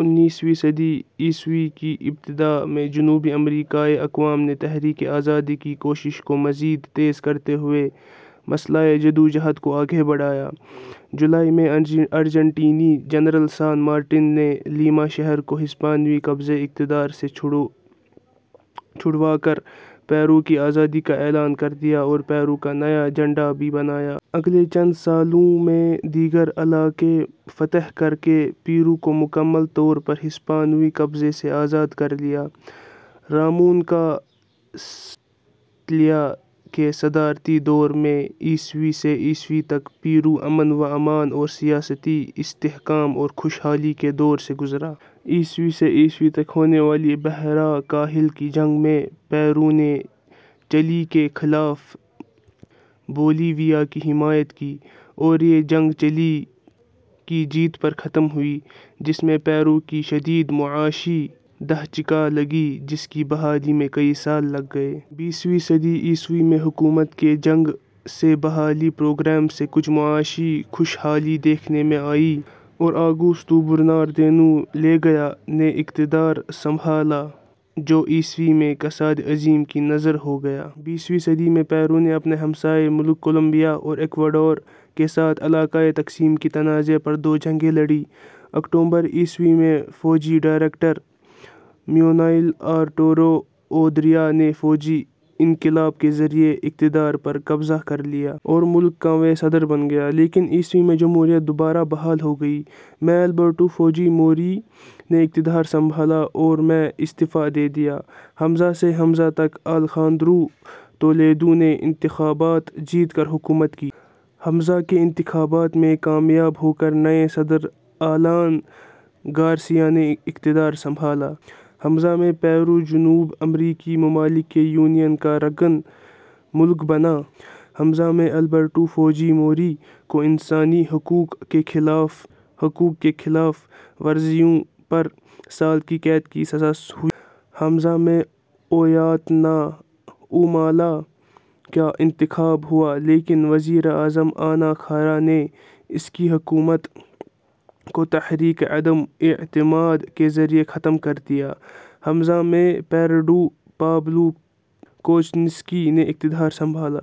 انیسویں صدی عیسوی کے ابتدا میں جنوبی امریکائی اقوام نے تحریک آزادی کی کوششوں کو مزید تیز کرتے ہوئے مسلح جدوجہد کو آگے بڑھایا۔ جولائی میں ارجنٹینی جنرل سان مارٹن نے لیما شہر کو ہسپانوی قبضہ اقتدار سے چھڑوا کر پیرو کی آزادی کا اعلان کر دیا اور پیرو کا نیا جھنڈا بھی بنایا۔ اگلے چند سالوں میں دیگر علاقے فتح کر کے پیرو کو مکمل طور پر ہسپانوی قبضہ سے آزاد کر لیا۔ رامون کاستلیا کے صدراتی دور میں عیسوی سے عیسوی تک پیرو امن وامان اور سیاسی استحکام اور خوش حالی کے دور سے گذرا۔ عیسوی سے عیسوی تک ہونے والی بحرالکاہل کی جنگ میں پیرو نے چلی کے خلاف بولیویا کی حمایت کی۔ اور یہ جنگ چلی کی جیت پر ختم ہوئی۔ جس میں پیرو کی شدید معاشی دھچکا لگا جس کی بحالی میں کئی سال لگ گئے۔ بیسوی صدی عیسوی میں حکومت کے جنگ سے بحالی پروگرام سے کچھ معاشی خوش حالی دیکھنے میں آئی اور آگوستو برناردینو لیگیا نے اقتدار سنبھالا۔ جو عیسوی میں کساد عظیم کی نظر ہو گیا۔ بیسوی صدی میں پیرو نے اپنے ہمسایہ ملک کولومبیا اور ایکواڈور کے ساتھ علاقائی تقسیم کی تنازع پر دو جنگیں لڑیں۔ اکتوبر عیسوی میں فوجی ڈکٹیٹر مینوئل ارتورو اودریا نے فوجی انقلاب کے ذریعے اقتدار پر قبضہ کر لیا۔ اور ملک کا ویں صدر بن گیا۔ لیکن عیسوی میں جمہوریت دوبارہ بحال ہو گئی۔ میں البرتو فوخی موری نے اقتدار سنبھالا اور میں استعفی دے دیا۔ ء سے ء تک آلخاندرو تولیدو نے انتخابات جیت کر حکومت کی۔ ء کے انتخابات میں کامیاب ہو کر نئے صدر آلان گارسیا نے اقتدار سنبھالا۔ ء میں پیرو جنوب امریکی ممالک کی یونین کا رکن ملک بنا۔ ء میں البرتو فوخی موری کو انسانی حقوق کی خلاف ورزیوں پر سال کی قید کی سزا ہوئی۔ ء میں اویانتا اومالا کا انتخاب ہوا لیکن وزیر اعظم انا خارا نے اس کی حکومت کو تحریک عدم اعتماد کے ذریعے ختم کر دیا۔ ء میں پیدرو پابلو کوچنسکی نے اقتدار سنبھالا۔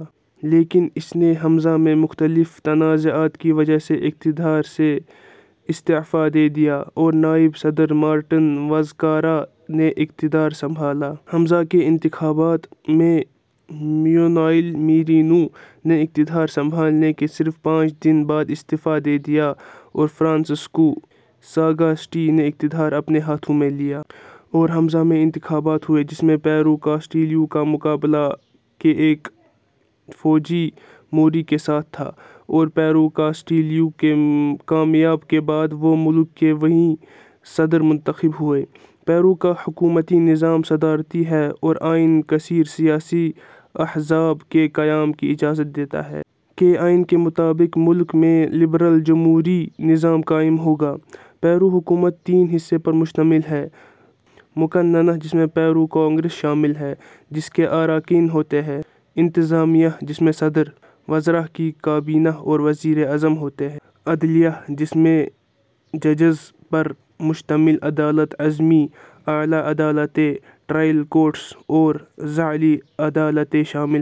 لیکن اس نے ء میں مختلف تنازعات کی وجہ سے اقتدار سے ا ستعفی دے دیا۔ اور نائب صدر مارتن وزکارا نے اقتدار سنبھالا۔ ء کے انتخابات میں مینوئل میرینو نے اقتدار سنبھالنے کے صرف پانچ دن کے بعد استعفی دے دیا اور فرانسسکو ساگاستی نے اقتدار اپنے ہاتھو میں لیا۔ اور ء میں انتخابات ہوئے جس میں پیدرو کاستیلیو کا مقابلہ کے ایکو فوخی موری کے ساتھ تھا۔ اور پیدرو کاستیلیو کی کامیاب کے بعد وہ ملک کے ویں صدر منتخب ہوئے۔ پیرو کا حکومتی نظام صدارتی ہے اور آئین کثیر سیاسی احزاب کے قیام کی اجازت دیتا ہے۔ کے آئین کے مطابق ملک میں لبرل جمہوری نظام قائم ہوگا۔ پیرو حکومت تین حصے پر مشتمل ہے۔ ۔ مقننہ جس میں پیرو کانگرس شامل ہے جس کے اراکین ہوتے ہیں۔ ۔ انتظامیہ ، جس میں صدر، وزراء کی کابینہ اور وزیر اعظم ہوتے ہیں۔ ۔ عدلیہ ، جس میں ججز پر مشتمل عدالت عظمی, اعلیٰ عدالتیں، ٹرائل کورٹس اور ضلعی عدالتیں شامل ہیں۔